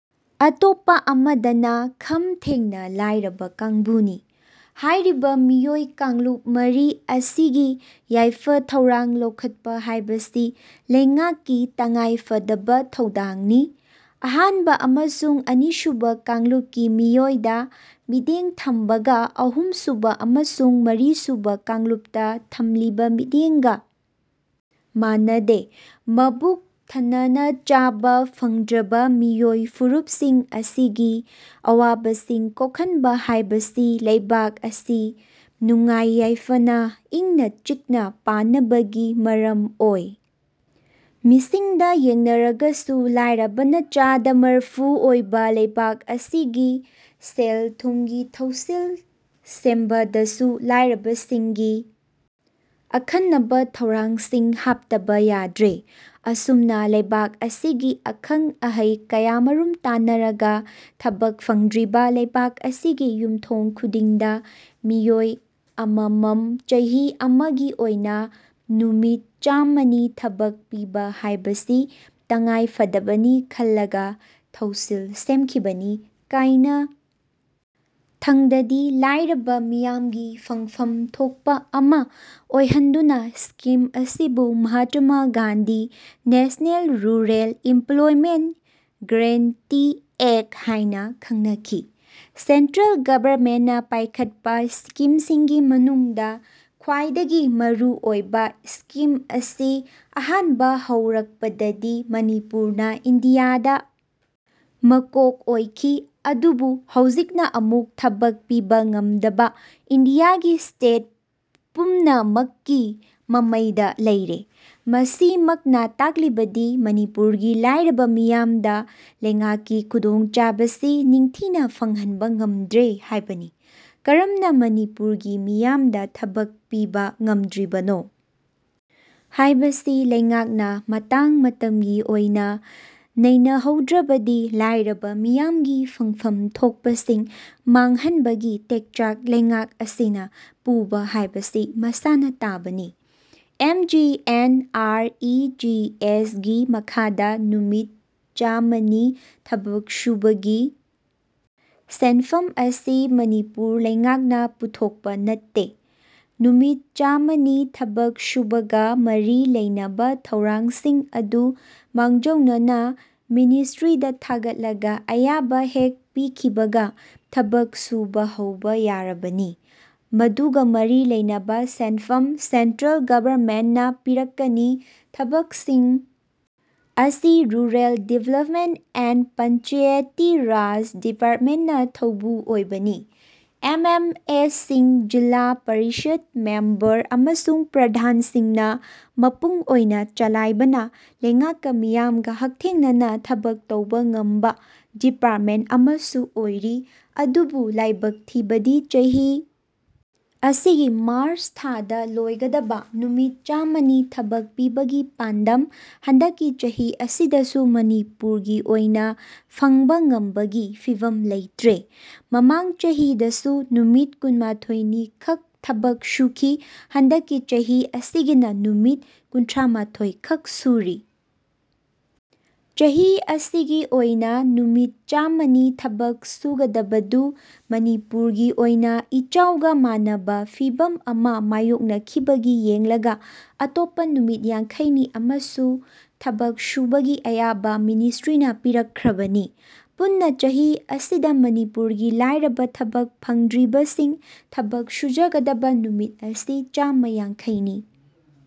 ꯑꯇꯣꯞꯄ ꯑꯃꯗꯅ ꯈꯝ ꯊꯦꯡꯅ ꯂꯥꯏꯔꯕ ꯀꯥꯡꯕꯨꯅꯤ꯫ ꯍꯥꯏꯔꯤꯕ ꯃꯤꯑꯣꯏ ꯀꯥꯡꯂꯨꯞ ꯃꯔꯤ ꯑꯁꯤꯒꯤ ꯌꯥꯏꯐ ꯊꯧꯔꯥꯡ ꯂꯧꯈꯠꯄ ꯍꯥꯏꯕꯁꯤ ꯂꯩꯉꯥꯛꯀꯤ ꯇꯉꯥꯏ ꯐꯗꯕ ꯊꯧꯗꯥꯡꯅꯤ꯫ ꯑꯍꯥꯟꯕ ꯑꯃꯁꯨꯡ ꯑꯅꯤꯁꯨꯕ ꯀꯥꯡꯂꯨꯞꯀꯤ ꯃꯤꯑꯣꯏꯗ ꯃꯤꯠꯌꯦꯡ ꯊꯝꯕꯒ ꯑꯍꯨꯝ ꯁꯨꯕ ꯑꯃꯁꯨꯡ ꯃꯔꯤꯁꯨꯕ ꯀꯥꯡꯂꯨꯞꯇ ꯊꯝꯂꯤꯕ ꯃꯤꯠꯌꯦꯡꯒ ꯃꯥꯟꯅꯗꯦ꯫ ꯃꯕꯨꯛ ꯊꯅꯅ ꯆꯥꯕ ꯐꯪꯗ꯭ꯔꯕ ꯃꯤꯑꯣꯏ ꯐꯨꯔꯨꯞꯁꯤꯡ ꯑꯁꯤꯒꯤ ꯑꯋꯥꯕꯁꯤꯡ ꯀꯣꯛꯍꯟꯕ ꯍꯥꯏꯕꯁꯤ ꯂꯩꯕꯥꯛ ꯑꯁꯤ ꯅꯨꯡꯉꯥꯏ ꯌꯥꯏꯐꯅ, ꯏꯪꯅ ꯆꯤꯛꯅ ꯄꯥꯟꯅꯕꯒꯤ ꯃꯔꯝ ꯑꯣꯏ꯫ ꯃꯤꯁꯤꯡꯗ ꯌꯦꯡꯅꯔꯒꯁꯨ ꯂꯥꯏꯔꯕꯅ ꯆꯥꯗ ꯃꯔꯐꯨ ꯑꯣꯏꯕ ꯂꯩꯕꯥꯛ ꯑꯁꯤꯒꯤ ꯁꯦꯜ ꯊꯨꯝꯒꯤ ꯊꯧꯁꯤꯜ ꯁꯦꯝꯕꯗꯁꯨ ꯂꯥꯏꯔꯕꯁꯤꯡꯒꯤ ꯑꯈꯟꯅꯕ ꯊꯧꯔꯥꯡꯁꯤꯡ ꯍꯥꯞꯇꯕ ꯌꯥꯗ꯭ꯔꯦ꯫ ꯑꯁꯨꯝꯅ ꯂꯩꯕꯥꯛ ꯑꯁꯤꯒꯤ ꯑꯈꯪ ꯑꯍꯩ ꯀꯌꯥꯃꯔꯨꯝ ꯇꯥꯟꯅꯔꯒ ꯊꯕꯛ ꯐꯪꯗ꯭ꯔꯤꯕ ꯂꯩꯕꯥꯛ ꯑꯁꯤꯒꯤ ꯌꯨꯝꯊꯣꯡ ꯈꯨꯗꯤꯡꯗ ꯃꯤꯑꯣꯏ ꯑꯃꯃꯝ ꯆꯍꯤ ꯑꯃꯒꯤ ꯑꯣꯏꯅ ꯅꯨꯃꯤꯠ ꯆꯥꯝꯃꯅꯤ ꯊꯕꯛ ꯄꯤꯕ ꯍꯥꯏꯕꯁꯤ ꯇꯉꯥꯏ ꯐꯗꯕꯅꯤ ꯈꯜꯂꯒ ꯊꯧꯁꯤꯜ ꯁꯦꯝꯈꯤꯕꯅꯤ꯫ ꯀꯥꯏꯅ ꯊꯪꯗꯗꯤ ꯂꯥꯏꯔꯕ ꯃꯤꯌꯥꯝꯒꯤ ꯐꯪꯐꯝ ꯊꯣꯛꯄ ꯑꯃ ꯑꯣꯏꯍꯟꯗꯨꯅ ꯁ꯭ꯀꯤꯝ ꯑꯁꯤꯕꯨ Mahatma Gandhi National Rural Employment Guarantee Act ꯍꯥꯏꯅ ꯈꯪꯅꯈꯤ꯫ ꯁꯦꯟꯇ꯭ꯔꯦꯜ ꯒꯚꯔꯟꯃꯦꯟꯠꯅ ꯄꯥꯏꯈꯠꯄ ꯁ꯭ꯀꯤꯝꯁꯤꯡꯒꯤ ꯃꯅꯨꯡꯗ ꯈ꯭ꯋꯥꯏꯗꯒꯤ ꯃꯔꯨ ꯑꯣꯏꯕ ꯁ꯭ꯀꯤꯝ ꯑꯁꯤ ꯑꯍꯥꯟꯕ ꯍꯧꯔꯛ ꯄꯗꯗꯤ ꯃꯅꯤꯄꯨꯔꯅ ꯏꯟꯗꯤꯌꯥꯗ ꯃꯀꯣꯛ ꯑꯣꯏꯈꯤ꯫ ꯑꯗꯨꯕꯨ ꯍꯧꯖꯤꯛꯅ ꯑꯃꯨꯛ ꯊꯕꯛ ꯄꯤꯕ ꯉꯝꯗꯕ ꯏꯟꯗꯤꯌꯥꯒꯤ ꯁ꯭ꯇꯦꯠ ꯄꯨꯝꯅ ꯃꯛꯀꯤ ꯃꯃꯩꯗ ꯂꯩꯔꯦ꯫ ꯃꯁꯤ ꯃꯛꯅ ꯇꯥꯛꯂꯤꯕꯗꯤ ꯃꯅꯤꯄꯨꯔꯒꯤ ꯂꯥꯏꯔꯕ ꯃꯤꯌꯥꯝꯗ ꯂꯩꯉꯥꯛꯀꯤ ꯈꯨꯗꯣꯡ ꯆꯥꯕꯁꯤ ꯅꯤꯡꯊꯤꯅ ꯐꯪꯍꯟꯕ ꯉꯝꯗ꯭ꯔꯦ ꯍꯥꯏꯕꯅꯤ꯫ ꯀꯔꯝꯅ ꯃꯅꯤꯄꯨꯔꯒꯤ ꯃꯤꯌꯥꯝꯗ ꯊꯕꯛ ꯄꯤꯕ ꯉꯝꯗ꯭ꯔꯤꯕꯅꯣ ꯍꯥꯏꯕꯁꯤ ꯂꯩꯉꯥꯛꯅ ꯃꯇꯥꯡ ꯃꯇꯝꯒꯤ ꯑꯣꯏꯅ ꯅꯩꯅ ꯍꯧ ꯗ꯭ꯔꯕꯗꯤ ꯂꯥꯏꯔꯕ ꯃꯤꯌꯥꯝꯒꯤ ꯐꯪꯐꯝ ꯊꯣꯛꯄꯁꯤꯡ ꯃꯥꯡꯍꯟꯕꯒꯤ ꯇꯦꯛꯆꯥꯛ ꯂꯩꯉꯥꯛ ꯑꯁꯤꯅ ꯄꯨꯕ ꯍꯥꯏꯕꯁꯤ ꯃꯁꯥꯅ ꯇꯥꯕꯅꯤ꯫ M G N R E G ꯑꯦꯁꯒꯤ ꯃꯈꯥꯗ ꯅꯨꯃꯤꯠ ꯆꯥꯃ ꯅꯤ ꯊꯕꯛ ꯁꯨꯕꯒꯤ ꯁꯦꯟꯐꯝ ꯑꯁꯤ ꯃꯅꯤꯄꯨꯔ ꯂꯩꯉꯥꯛꯅ ꯄꯨꯊꯣꯛꯄ ꯅꯠꯇꯦ꯫ ꯅꯨꯃꯤꯠ ꯆꯥꯃ ꯅꯤ ꯊꯕꯛ ꯁꯨꯕꯒ ꯃꯔꯤ ꯂꯩꯅꯕ ꯊꯧꯔꯥꯡꯁꯤꯡ ꯑꯗꯨ ꯃꯥꯡꯖꯧꯅꯅ ꯃꯤꯅꯤꯁ꯭ꯇ꯭ꯔꯤꯗ ꯊꯥꯒꯠꯂꯒ ꯑꯌꯥꯕ ꯍꯦꯛ ꯄꯤꯈꯤꯕꯒ ꯊꯕꯛ ꯁꯨꯕ ꯍꯧꯕ ꯌꯥꯔꯕꯅꯤ꯫ ꯃꯗꯨꯒ ꯃꯔꯤ ꯂꯩꯅꯕ ꯁꯦꯟꯐꯝ ꯁꯦꯟꯇ꯭ꯔꯦꯜ ꯒꯚꯔꯟꯃꯦꯟꯠꯅ ꯄꯤꯔꯛꯀꯅꯤ꯫ ꯊꯕꯛꯁꯤꯡ ꯑꯁꯤ rural development and Panchayati Raj ꯗꯤꯄꯥꯔꯃꯦꯟꯠꯅ ꯊꯧꯕꯨ ꯑꯣꯏꯕꯅꯤ꯫ ꯑꯦꯝ ꯑꯦꯝ ꯑꯦꯁꯤꯡ, ꯖꯤꯜꯂꯥ ꯄꯔꯤꯁꯗ ꯃꯦꯝꯕꯔ ꯑꯃꯁꯨꯡ ꯄ꯭ꯔꯙꯥꯟꯁꯤꯡꯅ ꯃꯄꯨꯡ ꯑꯣꯏꯅ ꯆꯂꯥꯏꯕꯅ ꯂꯩꯉꯥꯛꯀ ꯃꯤꯌꯥꯝꯒ ꯍꯛꯊꯦꯡꯅꯅ ꯊꯕꯛ ꯇꯧꯕ ꯉꯝꯕ ꯗꯤꯄꯥꯔꯠꯃꯦꯟꯠ ꯑꯃꯁꯨ ꯑꯣꯏꯔꯤ꯫ ꯑꯗꯨꯕꯨ ꯂꯥꯏꯕꯛ ꯊꯤꯕꯗꯤ ꯆꯍꯤ ꯑꯁꯤꯒꯤ ꯃꯥꯔꯆ ꯊꯥꯗ ꯂꯣꯏꯒꯗꯕ ꯅꯨꯃꯤꯠ ꯆꯥꯃꯅꯤ ꯊꯕꯛ ꯄꯤꯕꯒꯤ ꯄꯥꯟꯗꯝ ꯍꯟꯗꯛꯀꯤ ꯆꯍꯤ ꯑꯁꯤꯗꯁꯨ ꯃꯅꯤꯄꯨꯔꯒꯤ ꯑꯣꯏꯅ ꯐꯪꯕ ꯉꯝꯕꯒꯤ ꯐꯤꯚꯝ ꯂꯩꯇꯔ꯭ꯦ꯫ ꯃꯃꯥꯡ ꯆꯍꯤꯗꯁꯨ ꯅꯨꯃꯤꯠ ꯀꯨꯟꯃꯊꯣꯏ ꯅꯤ ꯈꯛ ꯊꯕꯛ ꯁꯨꯈꯤ꯫ ꯍꯟꯗꯛꯀꯤ ꯆꯍꯤ ꯑꯁꯤꯒꯤꯅ ꯅꯨꯃꯤꯠ ꯀꯨꯟꯊ꯭ꯔꯥꯃꯊꯣꯏ ꯈꯛ ꯁꯨꯔꯤ꯫ ꯆꯍꯤ ꯑꯁꯤꯒꯤ ꯑꯣꯏꯅ ꯅꯨꯃꯤꯠ ꯆꯥꯃ ꯅꯤ ꯊꯕꯛ ꯁꯨꯒꯗꯕꯗꯨ ꯃꯅꯤꯄꯨꯔꯒꯤ ꯑꯣꯏꯅ ꯏꯆꯥꯎꯒ ꯃꯥꯟꯅꯕ ꯐꯤꯚꯝ ꯑꯃ ꯃꯥꯌꯣꯛꯅ ꯈꯤꯕꯒꯤ ꯌꯦꯡꯂꯒ ꯑꯇꯣꯞꯄ ꯅꯨꯃꯤꯠ ꯌꯥꯡꯈꯩ ꯅꯤ ꯑꯃꯁꯨ ꯊꯕꯛ ꯁꯨꯕꯒꯤ ꯑꯌꯥꯕ ꯃꯤꯅꯤꯁ꯭ꯇ꯭ꯔꯤꯅ ꯄꯤꯔꯛ ꯈ꯭ꯔꯕꯅꯤ꯫ ꯄꯨꯟꯅ ꯆꯍꯤ ꯑꯁꯤꯗ ꯃꯅꯤꯄꯨꯔꯒꯤ ꯂꯥꯏꯔꯕ ꯊꯕꯛ ꯐꯪꯗ꯭ꯔꯤꯕꯁꯤꯡ ꯊꯕꯛ ꯁꯨꯖꯒꯗꯕ ꯅꯨꯃꯤꯠ ꯑꯁꯤ ꯆꯥꯃ ꯌꯥꯡꯈꯩ ꯅꯤ꯫